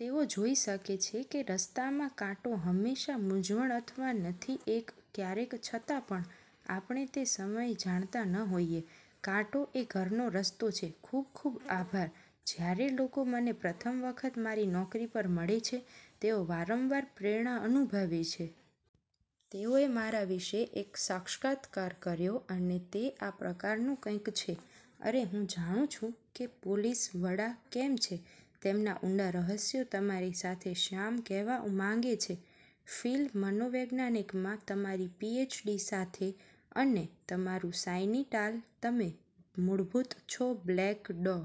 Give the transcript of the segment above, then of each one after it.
તેઓ જોઈ શકે છે કે રસ્તામાં કાંટો હંમેશા મૂંઝવણ અથવા નથી એક ક્યારેક છતાં પણ આપણે તે સમયે જાણતા ન હોઈએ. કાંટો એ ઘરનો રસ્તો છે. ખુબ ખુબ આભાર! જ્યારે લોકો મને પ્રથમ વખત મારી નોકરી પર મળે છે, તેઓ વારંવાર પ્રેરણા અનુભવે છે. તેઓએ મારા વિશે એક સાક્ષાત્કાર કર્યો અને તે આ પ્રકારનું કંઈક છે, "અરે, હું જાણું છું કે પોલીસ વડા કેમ છે તેમના ઊંડા રહસ્યો તમારી સાથે શ્યામ કહેવા માંગે છે. ફિલ મનોવિજ્ઞાનમાં તમારી પીએચડી સાથે અને તમારું શાઇની ટાલ તમે મૂળભૂત છો બ્લેક ડો.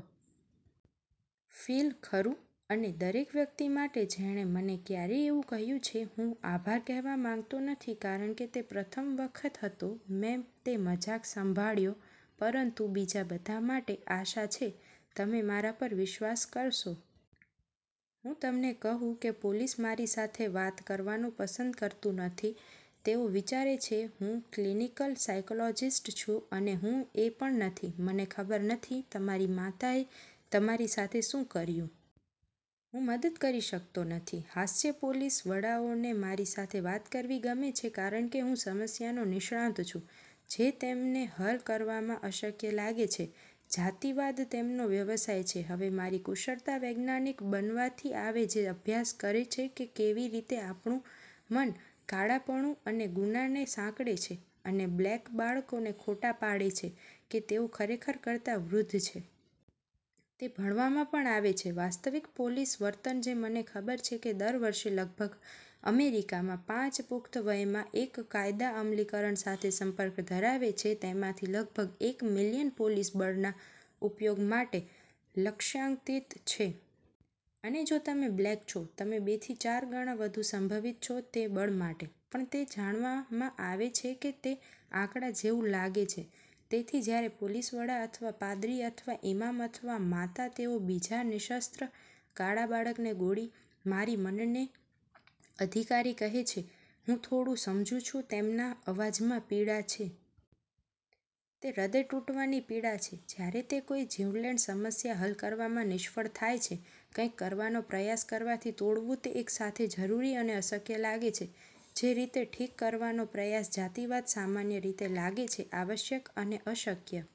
ફિલ, ખરું?" અને દરેક વ્યક્તિ માટે જેણે મને ક્યારેય એવું કહ્યું છે હું આભાર કહેવા માંગતો નથી કારણ કે તે પ્રથમ વખત હતો મેં તે મજાક સંભાળ્યો. પરંતુ બીજા બધા માટે આશા છે તમે મારા પર વિશ્વાસ કરશો. હું તમને કહું કે પોલીસ મારી સાથે વાત કરવાનું પસંદ કરતું નથી. તેઓ વિચારે છે હું ક્લિનિકલ સાઇકોલોજિસ્ટ છું અને હું એ પણ નથી. મને ખબર નથી તમારી માતાએ તમારી સાથે શું કર્યું. હું મદદ કરી શકતો નથી. હાસ્ય પોલીસ વડાઓને મારી સાથે વાત કરવી ગમે છે કારણ કે હું સમસ્યાનો નિષ્ણાત છું જે તેમને હલ કરવામાં અશક્ય લાગે છે. જાતિવાદ તેમનો વ્યવસાય છે. હવે મારી કુશળતા વૈજ્ઞાનીક બનવાથી આવે જે અભ્યાસ કરે છે કે કેવી રીતે આપણું મન કાળાપણું અને ગુનાને સાંકળે છે અને બ્લેક બાળકોને ખોટા પાડે છે કે તેઓ ખરેખર કરતાં વૃદ્ધ છે. તે ભણવામાં પણ આવે છે વાસ્તવિક પોલીસ વર્તન જે મને ખબર છે કે દર વર્ષે લગભગ અમેરિકામાં પાંચ પુખ્ત વયમાં એક કાયદા અમલીકરણ સાથે સંપર્ક ધરાવે છે. તેમાંથી લગભગ એક મિલિયન પોલીસ બળના ઉપયોગ માટે લક્ષ્યાંકિત છે. અને જો તમે બ્લેક છો, તમે બેથી ચાર ગણા વધુ સંભવિત છો તે બળ માટે. પણ તે જાણવામાં આવે છે કે તે આંકડા જેવું લાગે છે. તેથી જ્યારે પોલીસ વડા અથવા પાદરી અથવા ઇમામ અથવા માતા તેઓ બીજા નિશસ્ત્ર કાળા બાળકને ગોળી મારી મનેને અધિકારી કહે છે, હું થોડું સમજું છું તેમના અવાજમાં પીડા છે. તે હૃદય તૂટવાની પીડા છે જ્યારે તે કોઈ જીવલેણ સમસ્યા હલ કરવામાં નિષ્ફળ થાય છે. કંઇક કરવાનો પ્રયાસ કરવાથી તોડવું તે એક સાથે જરૂરી અને અશક્ય લાગે છે. જે રીતે ઠીક કરવાનો પ્રયાસ જાતિવાદ સામાન્ય રીતે લાગે છે આવશ્યક અને અશક્ય.